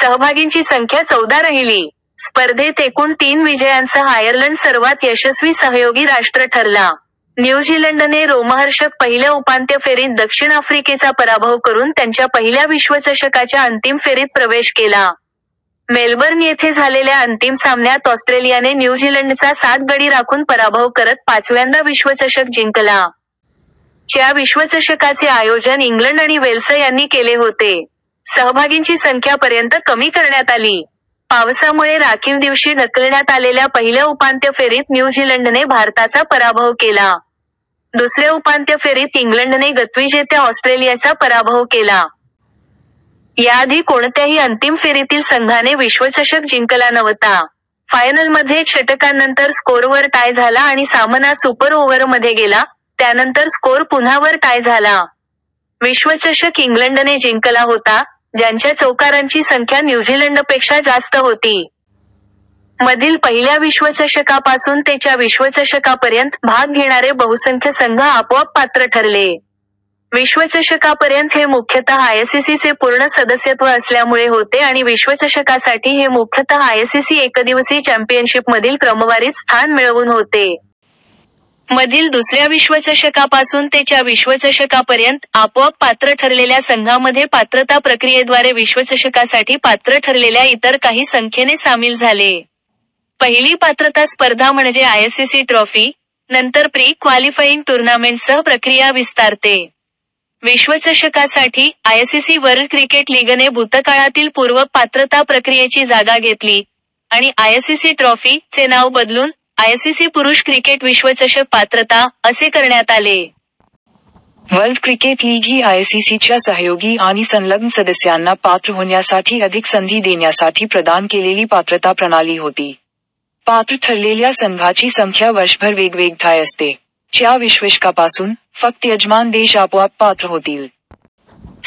सहभागींची संख्या चौदा राहिली. स्पर्धेत एकूण तीन विजयांसह आयर्लंड सर्वात यशस्वी सहयोगी राष्ट्र ठरला. न्यू झीलंडने रोमहर्षक पहिल्या उपांत्य फेरीत दक्षिण आफ्रिकेचा पराभव करून त्यांच्या पहिल्या विश्वचषकाच्या अंतिम फेरीत प्रवेश केला. मेलबर्न येथे झालेल्या अंतिम सामन्यात ऑस्ट्रेलियाने न्यू झीलंडचा सात गडी राखून पराभव करत पाचव्यांदा विश्वचषक जिंकला.। च्या विश्वचषकाचे आयोजन इंग्लंड आणि वेल्स यांनी केले होते. सहभागींची संख्या पर्यंत कमी करण्यात आली. पावसामुळे राखीव दिवशी ढकलण्यात आलेल्या पहिल्या उपांत्य फेरीत न्यू झीलंडने भारताचा पराभव केला. दुसऱ्या उपांत्य फेरीत इंग्लंडने गतविजेत्या ऑस्ट्रेलियाचा पराभव केला. याआधी कोणत्याही अंतिम फेरीतील संघाने विश्वचषक जिंकला नव्हता. फायनलमध्ये, षटकांनंतर स्कोअर वर टाय झाला आणि सामना सुपर ओव्हरमध्ये गेला, त्यानंतर स्कोअर पुन्हा वर टाय झाला. विश्वचषक इंग्लंडने जिंकला होता, ज्यांच्या चौकारांची संख्या न्यू झीलंडपेक्षा जास्त होती. मधील पहिल्या विश्वचषकापासून ते च्या विश्वचषकापर्यंत, भाग घेणारे बहुसंख्य संघ आपोआप पात्र ठरले. विश्वचषकापर्यंत हे मुख्यतः आयसीसी चे पूर्ण सदस्यत्व असल्यामुळे होते आणि विश्वचषकासाठी हे मुख्यतः आयसीसी एकदिवसीय चॅम्पियनशिपमधील क्रमवारीत स्थान मिळवून होते. मधील दुसऱ्या विश्वचषकापासून ते च्या विश्वचषकापर्यंत, आपोआप पात्र ठरलेल्या संघांमध्ये पात्रता प्रक्रियेद्वारे विश्वचषकासाठी पात्र ठरलेल्या इतर काही संख्येने सामील झाले. पहिली पात्रता स्पर्धा म्हणजे आयसीसी ट्रॉफी; नंतर प्री-क्वालिफायिंग टूर्नामेंट्ससह प्रक्रिया विस्तारते. विश्वचषकासाठी, आयसीसी वर्ल्ड क्रिकेट लीगने भूतकाळातील पूर्व-पात्रता प्रक्रियेची जागा घेतली; आणि "आयसीसी ट्रॉफी" चे नाव बदलून "आयसीसी पुरुष क्रिकेट विश्वचषक पात्रता" असे करण्यात आले. वर्ल्ड क्रिकेट लीग ही आयसीसीच्या सहयोगी आणि संलग्न सदस्यांना पात्र होण्यासाठी अधिक संधी देण्यासाठी प्रदान केलेली पात्रता प्रणाली होती. पात्र ठरलेल्या संघांची संख्या वर्षभर वेगवेगळी असते. च्या विश्वचषकापासून, फक्त यजमान देश आपोआप पात्र होतील.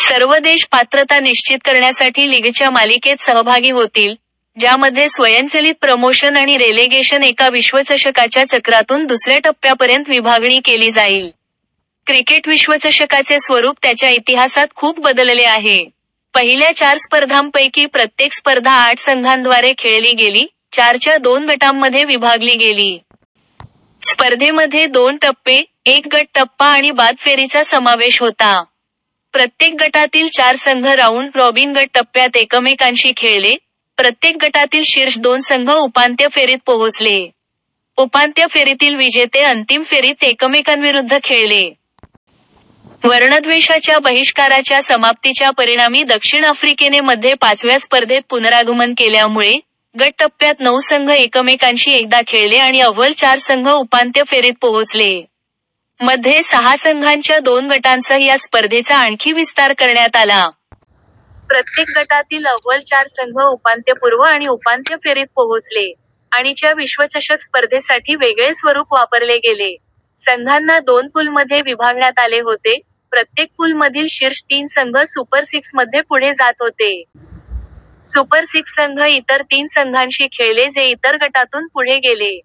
सर्व देश पात्रता निश्चित करण्यासाठी लीगच्या मालिकेत सहभागी होतील, ज्यामध्ये स्वयंचलित प्रमोशन आणि रेलेगेशन एका विश्वचषकाच्या चक्रातून दुसऱ्या टप्प्यापर्यंत विभागणी केली जाईल. क्रिकेट विश्वचषकाचे स्वरूप त्याच्या इतिहासात खूप बदलले आहे. पहिल्या चार स्पर्धांपैकी प्रत्येक स्पर्धा आठ संघांद्वारे खेळली गेली, चारच्या दोन गटांमध्ये विभागली गेली. स्पर्धेमध्ये दोन टप्पे, एक गट टप्पा आणि बाद फेरीचा समावेश होता. प्रत्येक गटातील चार संघ राऊंड-रॉबिन गट टप्प्यात एकमेकांशी खेळले, प्रत्येक गटातील शीर्ष दोन संघ उपांत्य फेरीत पोहोचले. उपांत्य फेरीतील विजेते अंतिम फेरीत एकमेकांविरुद्ध खेळले. वर्णद्वेषाच्या बहिष्काराच्या समाप्तीच्या परिणामी दक्षिण आफ्रिकेने मध्ये पाचव्या स्पर्धेत पुनरागमन केल्यामुळे, गट टप्प्यात नऊ संघ एकमेकांशी एकदा खेळले आणि अव्वल चार संघ उपांत्य फेरीत पोहोचले. मध्ये सहा संघांच्या दोन गटांसह या स्पर्धेचा आणखी विस्तार करण्यात आला. प्रत्येक गटातील अव्वल चार संघ उपांत्यपूर्व आणि उपांत्य फेरीत पोहोचले. आणि च्या विश्वचषक स्पर्धेसाठी वेगळे स्वरूप वापरले गेले. संघांना दोन पूलमध्ये विभागण्यात आले होते, प्रत्येक पूलमधील शीर्ष तीन संघ सुपर सिक्स मध्ये पुढे जात होते. सुपर सिक्स संघ इतर तीन संघांशी खेळले जे इतर गटातून पुढे गेले.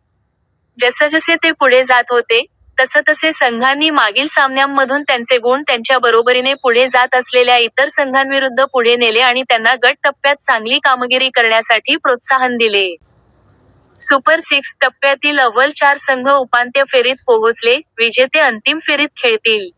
जसजसे ते पुढे जात होते, तसतसे संघांनी मागील सामन्यांमधून त्यांचे गुण त्यांच्या बरोबरीने पुढे जात असलेल्या इतर संघांविरुद्ध पुढे नेले आणि त्यांना गट टप्प्यात चांगली कामगिरी करण्यासाठी प्रोत्साहन दिले. "सुपर सिक्स" टप्प्यातील अव्वल चार संघ उपांत्य फेरीत पोहोचले, विजेते अंतिम फेरीत खेळतील.